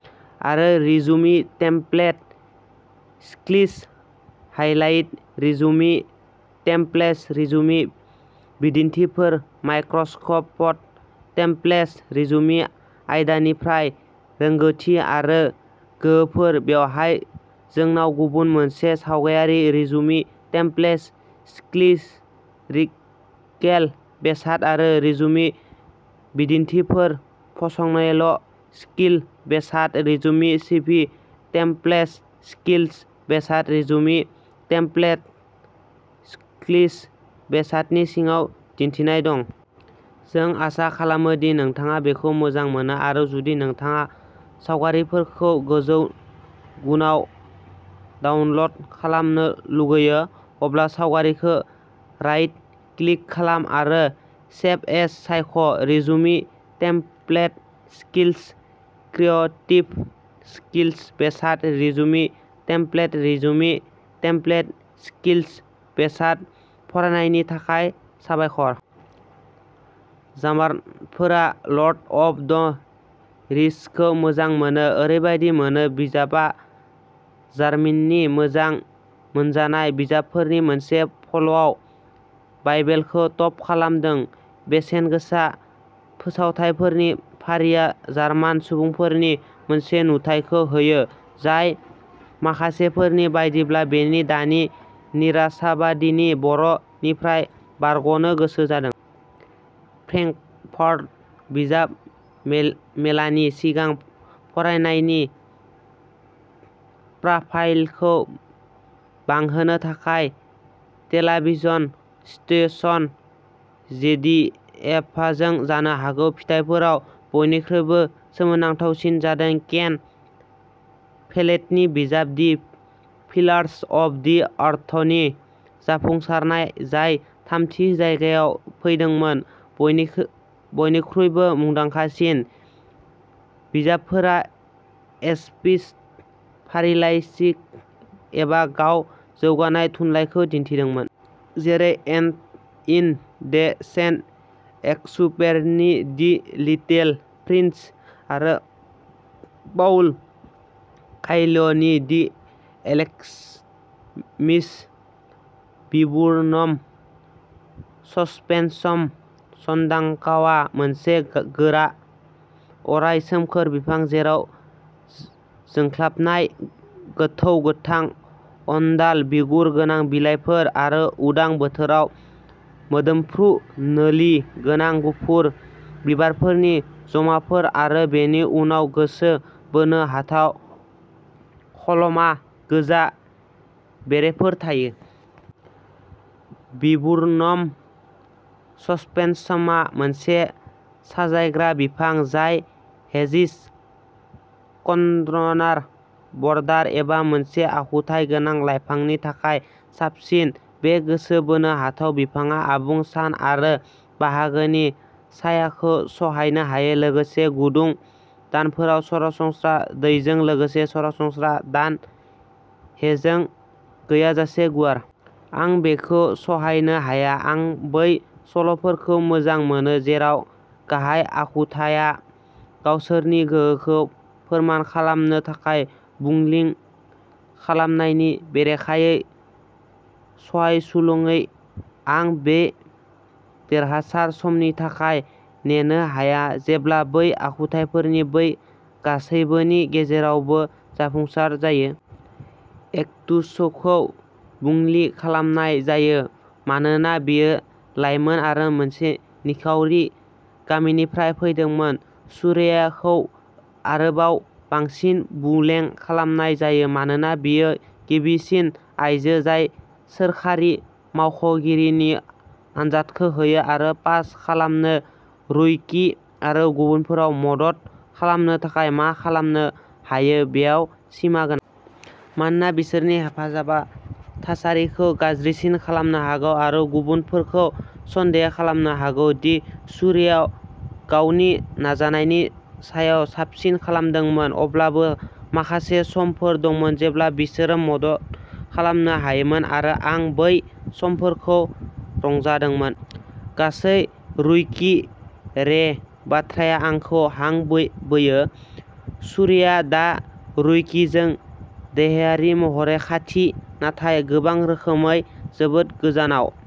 आरो resume template skills highlight resume template resume बिदिन्थिफोर Microsoft templates resume आयदानिफ्राय रोंग'थि आरो गोहोफोर। बेवहाय जोंनाव गुबुन मोनसे सावगायारि resume template skills skill based आरो रिजुमि बिदिन्थिफोर functional' skill based resume CV template skills based resume template skills बेसादनि सिङाव दिन्थिनाय दं। जों आसा खालामो दि नोंथाङा बेखौ मोजां मोनो आरो जुदि नोंथाङा सावगारिफोरखौ गोजौ गुनआव डाउनल'ड खालामनो लुगैयो, अब्ला सावगारिखौ राइट क्लिक खालाम आरो "सेभ एज" सायख'। Resume template skills creative skills based resume template resume template skills based फरायनायनि थाखाय साबायखर। जामारफोरा लर्ड अफ द रिसखौ मोजां मोनो। ओरैबादि मोनो। बिजाबआ जार्माननि मोजां मोनजानाय बिजाबफोरनि मोनसे पलआव बाइबेलखौ टप खालामदों। बेसेनगोसा फोसावथायफोरनि फारिया जार्मान सुबुंफोरनि मोनसे नुथायखौ होयो। जाय माखासेफोरनि बायदिब्ला बेनि दानि निराशाबादिनि बार निफ्राय बारग'नो गोसो जादों। फ्रेंकफर्ट बिजाब मेल मेलानि सिगां फरायनायनि प्रफाइलखौ बांहोनो थाखाय टेलाविजन स्टेशन जेडडिएफाजों। जानो हागौ फिथाइफोराव बयनिख्रुइबो सोमोनांथावसिन जादों केन फेलेटनि बिजाब दि पिलार्स अफ दि आर्थनि जाफुंसारनाय। जाय थामथि जायगायाव फैदोंमोन। बयनिखो बयनिख्रुइबो मुंदांखासिन बिजाबफोरा एसपिस्ट, हारिलाइस्टिक एबा गाव जौगानाय थुनलाइखौ दिन्थिदोंमोन। जेरै एन्ट'इन डे सेन्ट एक्सुपेरनि दि लिटिल प्रिन्स आरो पाउल'क'येल्ह'नि दि एलकेसमिस्ट। विबुर्नम ससपेनसाम सानदांकवा मोनसे गोरा अराय सोमखोर बिफां, जेराव जोंख्लाबनाय गोथौ गोथां अनदाल बिगुर गोनां बिलाइफोर आरो उदां बोथोराव मोदोमफ्रु नोलि गोनां गुफुर बिबारफोरनि ज'माफोर आरो बेनि उनाव गोसो बोनो हाथाव खलमा गोजा बेरिफोर थायो। बिबुर्नम ससपेनसामआ मोनसे साजायग्रा बिफां जाय हेजिस कनड्रनार बरदार एबा मोनसे आखुथाय गोनां लाइफांनि थाखाय साबसिन। बे गोसो बोनो हाथाव बिफांआ आबुं सान आरो बाहागोनि सायाखौ सहायनो हायो। लोगोसे गुदुं दानफोराव सरासनस्रा दैजों लोगोसे सरासनस्रा दान हेजों गैयाजासे गुवार। आं बेखौ सहायनो हाया। आं बै सल'फोरखौ मोजां मोनो जेराव गाहाय आखुथाया गावसोरनि गोहोखौ फोरमान खालामनो थाखाय बुंलिं खालामनायनि बेरेखायै सहायसुलुङै। आं बे देरहासार समनि थाखाय नेनो हाया जेब्ला बै आखुथाइफोरनि बै गासैबोनि गेजेरावबो जाफुंसार जायो। इगेतसुखौ बुलिं खालामनाय जायो। मानोना बियो लायमोन आरो मोनसे निखावरि गामिनिफ्राय फैदोंमोन। शुरेयाखौ आरोबाव बांसिन बुलिं खालामनाय जायो। मानोना बियो गिबिसिन आइजो जाय सोरखारि मावख'गिरिनि आनजादखौ होयो आरो पास खालामो। रयुकि आरो गुबुनफोराव मदद खालामनो थाखाय मा खालामनो हायो बेयाव सिमा गोनां। मानोना बिसोरनि हेफाजाबआ थासारिखौ गाज्रिसिन खालामनो हागौ आरो गुबुनफोरखौ सन्देह खालामनो हागौ दि शुरेइआ गावनि नाजानायनि सायाव साबसिन खालामदोंमोन। अब्लाबो माखासे समफोर दंमोन जेब्ला बिसोरो मदद खालामनो हायोमोन आरो आं बै समफोरखौ रंजादोंमोन। गासै रयुकि रेइ बाथ्राया आंखौ हां बो बोयो। शुरेइआ दा रयुकिजों देहायारि महरै खाथि नाथाय गोबां रोखोमै जोबोद गोजानाव।